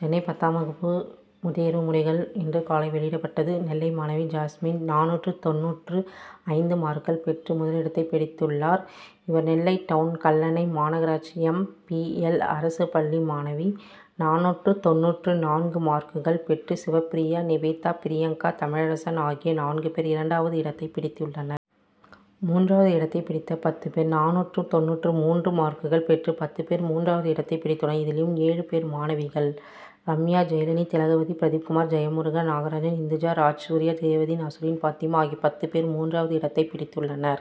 சென்னை பத்தாம் வகுப்பு தேர்வு முடிவுகள் இன்று காலை வெளியிடப்பட்டது. நெல்லை மாணவி ஜாஸ்மின் நானூற்று தொண்ணூற்று ஐந்து மார்க்குகள் பெற்று முதலிடத்தை பிடித்துள்ளார். இவர் நெல்லை டவுண் கல்லணை மாநகராட்சி எம். பி. எல்., அரசுப் பள்ளி மாணவி. நானூற்று தொண்ணூற்று நான்கு மார்க்குகள் பெற்று சிவப்பிரியா, நிவேதா, பிரியங்கா, தமிழரசன், ஆகிய நான்கு பேர் இரண்டாவது இடத்தை பிடித்துள்ளனர். மூன்றாவது இடத்தை பிடித்த பத்து பேர்: நானூற்று தொண்ணூற்று மூன்று மார்க்குகள் பெற்று பத்து பேர் மூன்றாவது இடத்தை பிடித்துள்ளனர். இதிலும் ஏழு பேர் மாணவிகள். ரம்யா, ஜெயலினி, திலகவதி, பிரதீப்குமார், ஜெயமுருகன், நாகராஜன், இந்துஜா, ராஜ்சூர்யா, ரேவதி, நஸ்ரின்பாத்திமா, ஆகிய பத்து பேர் மூன்றாவது இடத்தை பிடித்துள்ளனர்.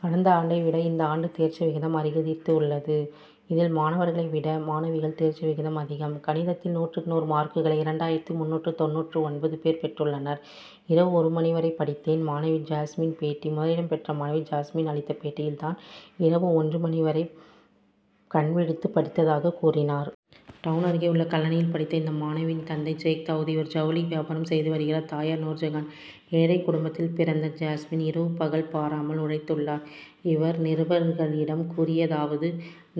கடந்த ஆண்டை விட இந்த ஆண்டு தேர்ச்சி விகிதம் அதிகரித்துள்ளது. இதில் மாணவர்களை விட மாணவிகள் தேர்ச்சி விகிதம் அதிகம். கணிதத்தில் நூற்றுக்கு நூறு மார்க்குகளை இரண்டாயிரத்து முந்நூற்று தொண்ணூற்று ஒன்பது பேர் பெற்றுள்ளனர். இரவு ஒரு மணி வரை படித்தேன் மாணவி ஜாஸ்மின் பேட்டி முதலிடம் பெற்ற மாணவி ஜாஸ்மின் அளித்த பேட்டியில், தான் இரவு ஒன்று மணி வரை கண்விழித்து படித்ததாக கூறினார். டவுண் அருகே உள்ள கல்லணையில் படித்த இந்த மாணவியின் தந்தை சேக்தாவூது. இவர் ஜவுளி வியாபாரம் செய்து வருகிறார். தாயார் நூர்ஜகான். ஏழைக்குடும்பத்தில் பிறந்த ஜாஸ்மின் இரவு பகல் பாராமல் உழைத்துள்ளார். இவர் நிருபர்களிடம் கூறியதாவது: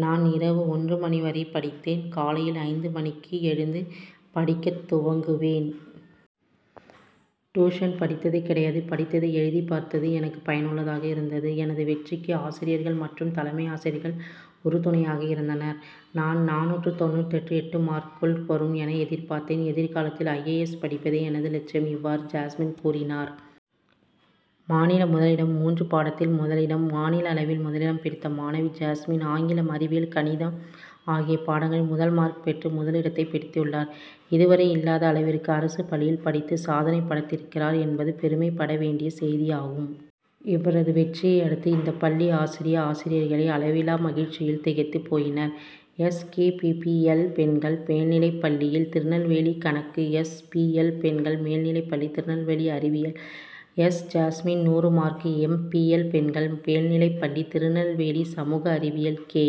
நான் இரவு ஒன்று மணி வரை படித்தேன். காலையில் ஐந்து மணிக்கு எழுந்து படிக்கத்துவங்குவேன். டூஷன் படித்தது கிடையாது. படித்ததை எழுதிபார்த்தது எனக்கு பயனுள்ளதாக இருந்தது. எனது வெற்றிக்கு ஆசிரியர்கள் மற்றும் தலைமை ஆசிரியர்கள் உறு துணையாக இருந்தனர். நான் நானூற்று தொண்ணூற்று எட்டு மார்க்குள் வரும் என எதிர்பார்த்தேன். எதிர்காலத்தில் ஐ. ஏ. எஸ்., படிப்பதே எனது இலட்சியம். இவ்வாறு ஜாஸ்மின் கூறினார். மாநில முதலிடம் மூன்று பாடத்தில் முதலிடம் மாநில அளவில் முதலிடம் பிடித்த மாணவி ஜாஸ்மின் ஆங்கிலம், அறிவியல், கணிதம் ஆகிய பாடங்களில் முதல் மார்க்கு பெற்று முதலிடத்தை பிடித்துள்ளார். இது வரை இல்லாத அளவிற்கு அரசுப்பள்ளியில் படித்து சாதனை படைத்திருக்கிறார் என்பது பெருமைபட வேண்டிய செய்தியாகும். இவரது வெற்றியை அடுத்து இந்தப்பள்ளி ஆசிரிய, ஆசிரியைகள் அளவிலா மகிழ்ச்சியில் திகைத்து போயினர். S. K. P. P. L. பெண்கள் மேல்நிலைப்பள்ளியில், திருநெல்வேலிகணக்கு எஸ். பி. எல். பெண்கள் மேல்நிலைப்பள்ளி, திருநெல்வேலிஅறிவியல் எஸ். ஜாஸ்மின், நூறு மார்க்கு, எம். பி. எல். பெண்கள் மேல்நிலைப்பள்ளி, திருநெல்வேலிசமூக அறிவியல் கே.